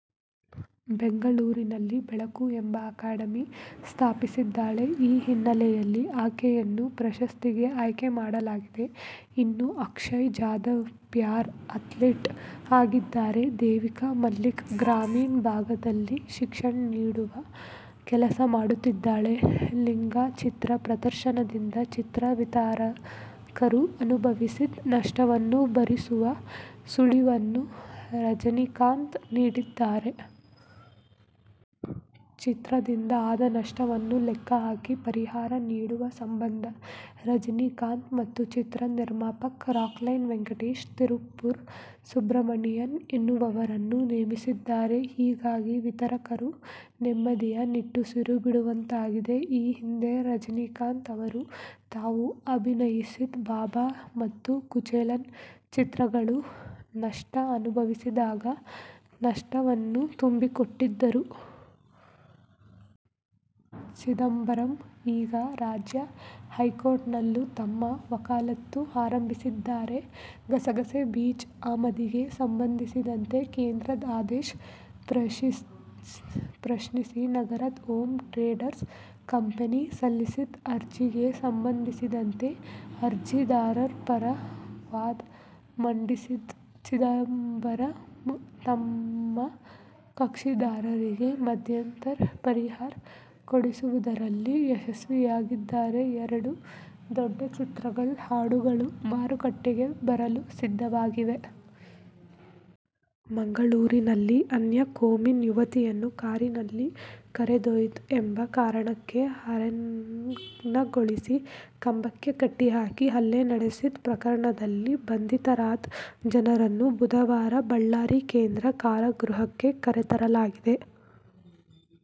ಬೆಂಗಳೂರಿನಲ್ಲಿ ಬೆಳಕು ಎಂಬ ಅಕಾಡೆಮಿ ಸ್ಥಾಪಿಸಿದ್ದಾಳೆ. ಈ ಹಿನ್ನೆಲೆಯಲ್ಲಿ ಆಕೆಯನ್ನು ಪ್ರಶಸ್ತಿಗೆ ಆಯ್ಕೆ ಮಾಡಲಾಗಿದೆ. ಇನ್ನು ಅಕ್ಷಯ್ ಜಾಧವ್ ಪ್ಯಾರಾ ಅಥ್ಲೀಟ್ ಆಗಿದ್ದರೆ, ದೇವಿಕಾ ಮಲಿಕ್ ಗ್ರಾಮೀಣ ಭಾಗದಲ್ಲಿ ಶಿಕ್ಷಣ ನೀಡುವ ಕೆಲಸ ಮಾಡುತ್ತಿದ್ದಾಳೆ. "ಲಿಂಗಾ' ಚಿತ್ರ ಪ್ರದರ್ಶನದಿಂದ ಚಿತ್ರ ವಿತರಕರು ಅನುಭವಿಸಿದ ನಷ್ಟವನ್ನು ಭರಿಸುವ ಸುಳಿವನ್ನು ರಜನೀಕಾಂತ್ ನೀಡಿದ್ದಾರೆ. ಚಿತ್ರದಿಂದ ಆದ ನಷ್ಟವನ್ನು ಲೆಕ್ಕಹಾಕಿ ಪರಿಹಾರ ನೀಡುವ ಸಂಬಂಧ ರಜನೀಕಾಂತ್ ಮತ್ತು ಚಿತ್ರದ ನಿರ್ಮಾಪಕ ರಾಕ್ಲೈನ್ ವೆಂಕಟೇಶ್, ತಿರುಪುರ ಸುಬ್ರಮಣಿಯನ್ ಎನ್ನುವವರನ್ನು ನೇಮಿಸಿದ್ದಾರೆ. ಹೀಗಾಗಿ ವಿತರಕರು ನೆಮ್ಮದಿಯ ನಿಟ್ಟುಸಿರು ಬಿಡುವಂತಾಗಿದೆ. ಈ ಹಿಂದೆ ರಜನೀಕಾಂತ್ ಅವರು ತಾವು ಅಭಿನಯಿಸಿದ ಬಾಬಾ ಮತ್ತು ಕುಚೇಲನ್ ಚಿತ್ರಗಳು ನಷ್ಟ ಅನುಭವಿಸಿದಾಗ ನಷ್ಟವನ್ನು ತುಂಬಿಕೊಟ್ಟಿದ್ದರು. ಚಿದಂಬರಂ ಈಗ ರಾಜ್ಯ ಹೈಕೋರ್ಟ್ನಲ್ಲೂ ತಮ್ಮ ವಕಾಲತು ಆರಂಭಿಸಿದ್ದಾರೆ. ಗಸಗಸೆ ಬೀಜ ಆಮದಿಗೆ ಸಂಬಂಧಿಸಿದಂತೆ ಕೇಂದ್ರದ ಆದೇಶ ಪ್ರಶ್ನಿಸಿ ನಗರದ ಓಂ ಟ್ರೇಡರ್ಸ್ ಕಂಪೆನಿ ಸಲ್ಲಿಸಿದ್ದ ಅರ್ಜಿಗೆ ಸಂಬಂಧಿಸಿದಂತೆ ಅರ್ಜಿದಾರರ ಪರ ವಾದ ಮಂಡಿಸಿದ ಚಿದಂಬರಂ, ತಮ್ಮ ಕಕ್ಷಿದಾರರಿಗೆ ಮಧ್ಯಂತರ ಪರಿಹಾರ ಕೊಡಿಸುವುದರಲ್ಲಿ ಯಶಸ್ವಿಯಾಗಿದ್ದಾರೆ. ಎರಡು ದೊಡ್ಡ ಚಿತ್ರಗಳ ಹಾಡುಗಳು ಮಾರುಕಟ್ಟೆಗೆ ಬರಲು ಸಿದ್ಧವಾಗಿವೆ. ಮಂಗಳೂರಿನಲ್ಲಿ ಅನ್ಯ ಕೋಮಿನ ಯುವತಿಯನ್ನು ಕಾರಿನಲ್ಲಿ ಕರೆದೊಯ್ದ ಎಂಬ ಕಾರಣಕ್ಕೆ ಅರೆನಗ್ನಗೊಳಿಸಿ ಕಂಬಕ್ಕೆ ಕಟ್ಟಿಹಾಕಿ ಹಲ್ಲೆ ನಡೆಸಿದ ಪ್ರಕರಣದಲ್ಲಿ ಬಂಧಿತರಾದ ಜನರನ್ನು ಬುಧವಾರ ಬಳ್ಳಾರಿ ಕೇಂದ್ರ ಕಾರಾಗೃಹಕ್ಕೆ ಕರೆತರಲಾಗಿದೆ.